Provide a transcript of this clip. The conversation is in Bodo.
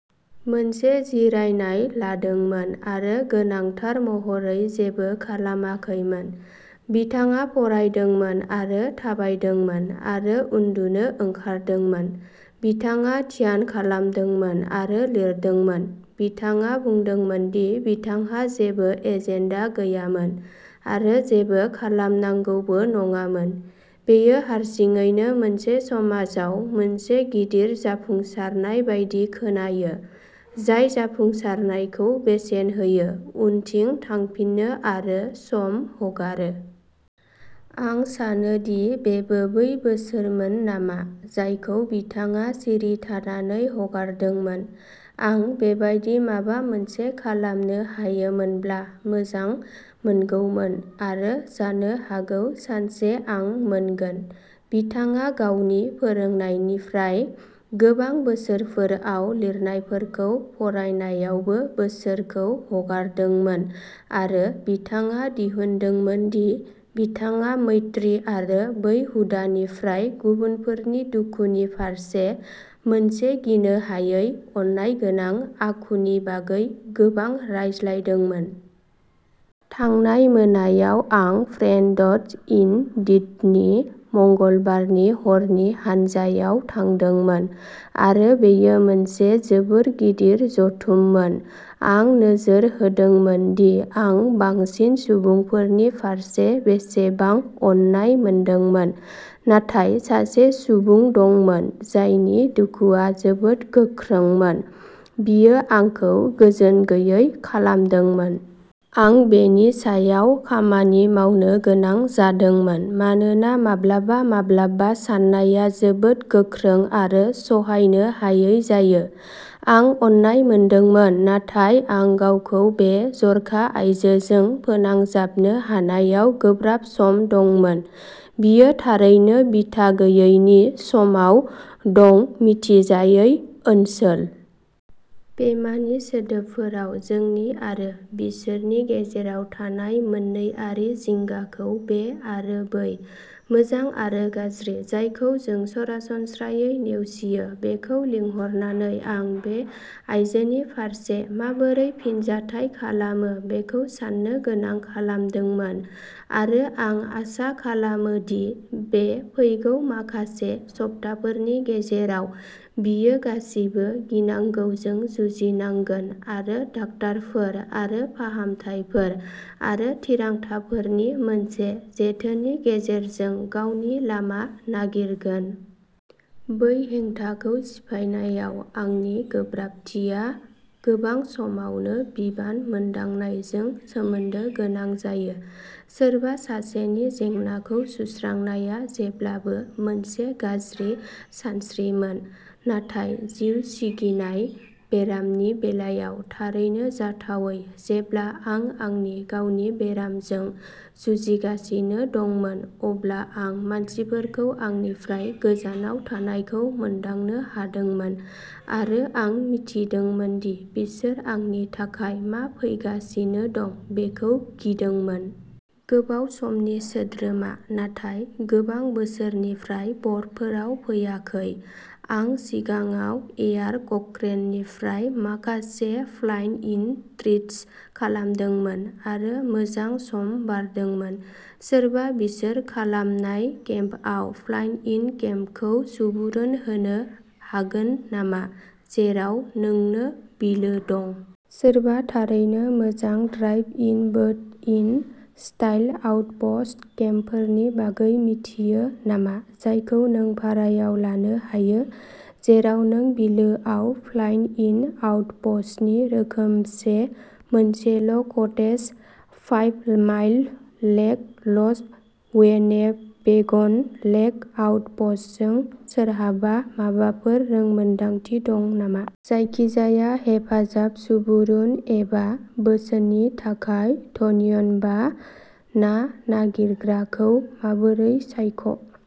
मोनसे जिरायनाय लादोंमोन आरो गोनांथार महरै जेबो खालामाखैमोन। बिथाङा फरायदोंमोन आरो थाबायदोंमोन आरो उन्दुनो ओंखारदोंमोन। बिथाङा ध्यान खालामदोंमोन आरो लिरदोंमोन। बिथाङा बुंदोंमोन दि बिथांहा जेबो एजेन्डा गैयामोन, आरो जेबो खालामनांगौबो नङामोन। बेयो हारसिङैनो मोनसे समाजाव मोनसे गिदिर जाफुंसारनाय बायदि खोनायो, जाय जाफुंसारनायखौ बेसेन होयो, उनथिं थांफिनो आरो सम हगारो। आं सानो दि बेबो बै बोसोरमोन नामा जायखौ बिथाङा सिरि थानानै हगारदोंमोन। आं बेबादि माबा मोनसे खालामनो हायोमोनब्ला मोजां मोनगौमोन आरो जानो हागौ सानसे आं मोनगोन। बिथाङा गावनि फोरोंनायनिफ्राय गोबां बोसोरफोराव लिरनायफोरखौ फरायनायावबो बोसोरखौ हगारदोंमोन आरो बिथाङा दिहुनदोंमोन दि बिथाङा मैत्री आरो बै हुदानिफ्राय, गुबुनफोरनि दुखुनि फारसे मोनसे गिनो हायै अननायगोनां आखुनि बागै गोबां रायज्लायदोंमोन। थांनाय मोनायाव आं फ्रेंड्स इन डीडनि मंगलबारनि हरनि हानजायाव थांदोंमोन आरो बेयो मोनसे जोबोद गिदिर जथुममोन आं नोजोर होदोंमोन दि आं बांसिन सुबुंफोरनि फारसे बेसेबां अननाय मोनदोंमोन, नाथाय सासे सुबुं दंमोन जायनि दुखुआ जोबोद गोख्रोंमोन, बियो आंखौ गोजोन गैयै खालामदोंमोन। आं बेनि सायाव खामानि मावनो गोनां जादोंमोन, मानोना माब्लाबा माब्लाबा सानायआ जोबोद गोख्रों आरो सहायनो हायै जायो। आं अननाय मोनदोंमोन, नाथाय आं गावखौ बे जर'खा आयजोजों फोनांजाबनो हानायाव गोब्राब सम दंमोन। बियो थारैनो बिथा गैयै नि समाव दं-मिथिजायै ओनसोल। पेमानि सोदोबफोराव, जोंनि आरो बिसोरनि गेजेराव थानाय मोन्नैआरि जिंगाखौ, बे आरो बै, मोजां आरो गाज्रि, जायखौ जों सरासनस्रायै नेवसियो बेखौ लिंहरनानै आं बे आइजोनि फारसे माबोरै फिनजाथाय खालामो बेखौ साननो गोनां खालामदोंमोन। आरो आं आसा खालामो दि बे फैगौ माखासे सप्ताफोरनि गेजेराव, बियो गासिबो गिनांगौजों जुजिनांगोन आरो डाक्टारफोर आरो फाहामथायफोर आरो थिरांथाफोरनि मोनसे जेथोनि गेजेरजों गावनि लामा नागिरगोन। बै हेंथाखौ सिफायनायाव आंनि गोब्राबथिया गोबां समावनो बिबान मोनदांनायजों सोमोन्दो गोनां जायो। सोरबा सासेनि जेंनाखौ सुस्रांनाया जेब्लाबो मोनसे गाज्रि सानस्रिमोन, नाथाय जिउ सिगिनाय बेरामनि बेलायाव थारैनो जाथावै जेब्ला आं आंनि गावनि बेरामजों जुजिगासिनो दंमोन, अब्ला आं मानसिफोरखौ आंनिफ्राय गोजानाव थानायखौ मोनदांनो हादोंमोन, आरो आं मिथिदोंमोन दि बिसोर आंनि थाखाय मा फैगासिनो दं बेखौ गिदोंमोन। गोबाव समनि सोद्रोमा नाथाय गोबां बोसोरनिफ्राय बर्डफोराव फैयाखै। आं सिगाङाव एयार क'क्रेननिफ्राय माखासे फ्लाइ-इन ट्रिप्स खालामदोंमोन आरो मोजां सम बारदोंमोन। सोरबा बिसोर खालामनाय केम्पआव फ्लाइ इन केम्पखौ सुबुरुन होनो हागोन नामा, जेराव नोंनो बिलो दं? सोरबा थारैनो मोजां drive in boat in style outpost केम्पफोरनि बागै मिथियो नामा, जायखौ नों भारायाव लानो हायो, जेराव नों बिलोआव फ्लाइ इन आउटप'स्टनि रोखोमसे मोनसेल' कटेज? फाइभ माइल लेक ल'जनि वेनेबेगन लेक आउटप'स्टजों सोरबाहा माबाफोर रोंमोनदांथि दं नामा? जायखिजाया हेफाजाब, सुबुरुन एबा बोसोननि थाखाय धन्यबा ना नागिरग्राखौ माबोरै सायख